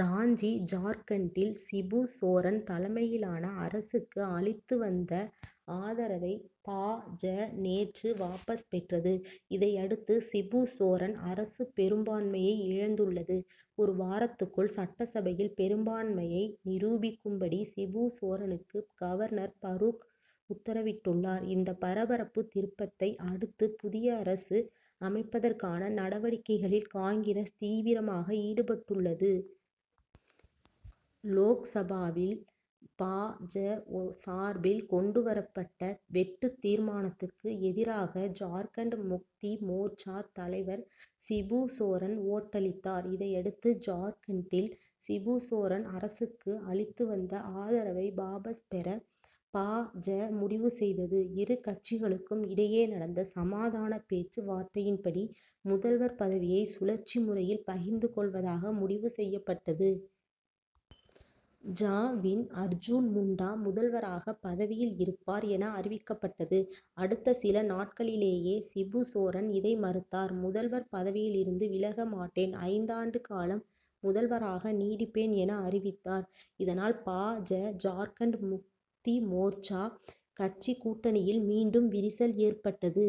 ராஞ்சி ஜார்க்கண்டில் சிபு சோரன் தலைமையிலான அரசுக்கு அளித்து வந்த ஆதரவை, பா. ஜ. நேற்று வாபஸ் பெற்றது. இதையடுத்து, சிபு சோரன் அரசு பெரும் பான்மையை இழந்துள்ளது. ஒரு வாரத்துக்குள் சட்டசபையில் பெரும்பான்மையை நிரூபிக்கும்படி சிபு சோரனுக்கு, கவர்னர் பரூக் உத்தரவிட்டுள்ளார். இந்த பரபரப்பு திருப்பத்தை அடுத்து, புதிய அரசு அமைப்பதற்கான நடவடிக்கைகளில் காங்கிரஸ் தீவிரமாக ஈடுபட்டுள்ளது. லோக்சபாவில் பா. ஜ. சார்பில் கொண்டு வரப்பட்ட வெட்டுத் தீர்மானத்துக்கு எதிராக ஜார்க்கண்ட் முக்தி மோர்ச்சா தலைவர் சிபு சோரன் ஓட்டளித்தார். இதையடுத்து, ஜார்க் கண்ட்டில் சிபு சோரன் அரசுக்கு அளித்து வந்த ஆதரவை வாபஸ் பெற, பா. ஜ. முடிவு செய்தது. இரு கட்சிகளுக்கும் இடையே நடந்த சமாதான பேச்சு வார்த்தையின்படி, முதல்வர் பதவியை சுழற்சி முறையில் பகிர்ந்து கொள்வதாக முடிவு செய்யப்பட்டது. ஜ.வின் அர்ஜுன் முண்டா முதல்வராக பதவியில் இருப்பார் என அறிவிக்கப் பட்டது. அடுத்த சில நாட்களிலேயே சிபு சோரன் இதை மறுத்தார். முதல்வர் பதவியில் இருந்து விலக மாட்டேன் ஐந்தாண்டு காலம் முதல்வராக நீடிப்பேன் என, அறிவித்தார். இதனால், பா. ஜ., ஜார்க்கண்ட் முக்தி மோர்ச்சா கட்சி கூட்டணியில் மீண்டும் விரிசல் ஏற்பட்டது.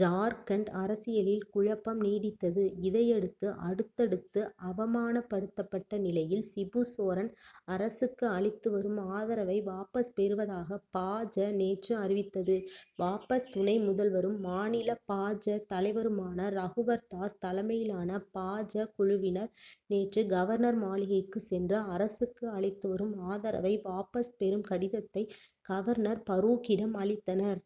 ஜார்க்கண்ட் அரசியலில் குழப்பம் நீடித்தது. இதையடுத்து, அடுத்தடுத்து அவமானப்படுத்தப்பட்ட நிலையில், சிபு சோரன் அரசுக்கு அளித்து வரும் ஆதரவை வாபஸ் பெறுவதாக பா. ஜ., நேற்று அறிவித்தது. வாபஸ் துணை முதல்வரும், மாநில பா. ஜ. தலைவருமான ரகுவர் தாஸ் தலைமையிலான பா. ஜ. குழுவினர், நேற்று கவர்னர் மாளிகைக்கு சென்று, அரசுக்கு அளித்து வரும் ஆதரவை வாபஸ் பெறும் கடிதத்தை, கவர்னர் பரூக்கிடம் அளித்தனர்.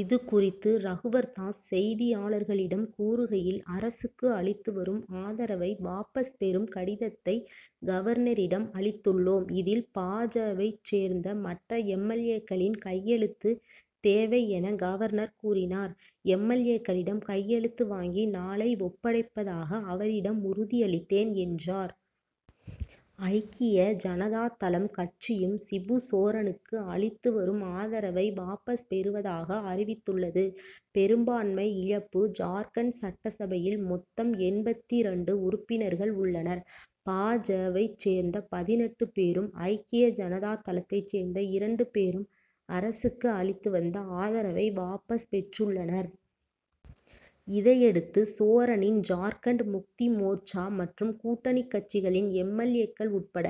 இதுகுறித்து ரகுவர் தாஸ் செய்தியாளர்களிடம் கூறுகையில், அரசுக்கு அளித்து வரும் ஆதரவை வாபஸ் பெறும் கடிதத்தை கவர்னரிடம் அளித்துள் ளோம். இதில், பா. ஜ.வைச் சேர்ந்த மற்ற எம். எல். ஏ.,க்களின் கையெழுத்து தேவை என, கவர்னர் கூறினார். எம். எல். ஏ.க்களிடம் கையெழுத்து வாங்கி, நாளை ஒப்படைப்பதாக அவரிடம் உறுதி அளித்தேன் என்றார். ஐக்கிய ஜனதா தளம் கட்சியும், சிபு சோரனுக்கு அளித்து வரும் ஆதரவை வாபஸ் பெறுவதாக அறிவித்துள்ளது. பெரும்பான்மை இழப்பு ஜார்க்கண்ட் சட்டசபையில் மொத்தம் எண்பத்திரண்டு உறுப்பினர்கள் உள்ளனர். பா. ஜ.வைச் சேர்ந்த பதினெட்டு பேரும், ஐக்கிய ஜனதா தளத்தைச் சேர்ந்த இரண்டு பேரும், அரசுக்கு அளித்து வந்த ஆதரவை வாபஸ் பெற்றுள்ளனர். இதையடுத்து, சோரனின் ஜார்க்கண்ட் முக்தி மோர்ச்சா மற்றும் கூட்டணி கட்சிகளின் எம். எல். ஏ.,க்கள் உட்பட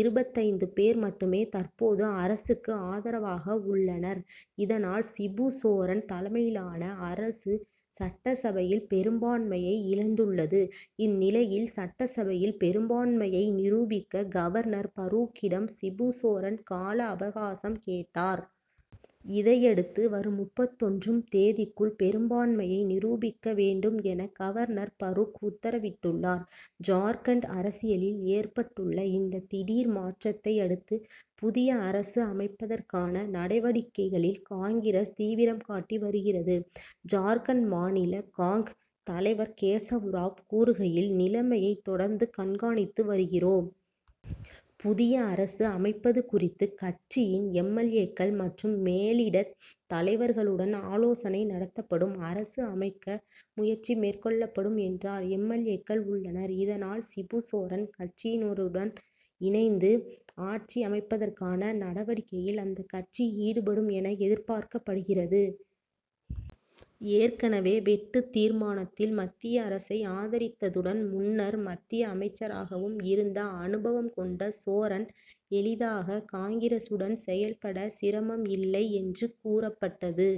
இருபத்தைந்து பேர் மட்டுமே தற்போது அரசுக்கு ஆதரவாக உள்ளனர். இதனால் சிபு சோரன் தலைமையிலான அரசு, சட்டசபையில் பெரும்பான்மையை இழந்துள்ளது. இந்நிலையில், சட்டசபையில் பெரும்பான்மையை நிரூபிக்க கவர்னர் பரூக்கிடம், சிபு சோரன் கால அவகாசம் கேட்டார். இதையடுத்து, வரும் முப்பத்தொன்றும் தேதிக்குள் பெரும்பான்மையை நிரூபிக்க வேண்டும் என, கவர்னர் பரூக் உத்தரவிட்டுள்ளார். ஜார்க்கண்ட் அரசியலில் ஏற்பட்டுள்ள இந்த திடீர் மாற்றத்தை அடுத்து, புதிய அரசு அமைப்பதற்கான நடவடிக்கைகளில் காங்கிரஸ் தீவிரம் காட்டி வருகிறது. ஜார்க்கண்ட் மாநில காங். தலைவர் கேசவ் ராவ் கூறுகையில், நிலைமையை தொடர்ந்து கண்காணித்து வருகிறோம். புதிய அரசு அமைப்பது குறித்து கட்சியின் எம். எல். ஏ.,க்கள் மற்றும் மேலிடத் தலைவர்களுடன் ஆலோசனை நடத்தப்படும். அரசு அமைக்க முயற்சி மேற்கொள்ளப்படும்' என்றார். எல். ஏ.க்கள் உள்ளனர். இதனால் சிபு சோரன் கட்சியினருடன் இணைந்து ஆட்சி அமைப்பதற்கான நடவடிக்கையில் அந்த கட்சி ஈடுபடும் என, எதிர்பார்க்கப்படுகிறது. ஏற்கனவே வெட்டுத் தீர்மானத்தில் மத்திய அரசை ஆதரித்ததுடன், முன்னர் மத்திய அமைச்சராகவும் இருந்த அனுபவம் கொண்ட சோரன் எளிதாக காங்கிரசுடன் செயல்பட சிரமம் இல்லை என்று கூறப்பட்டது.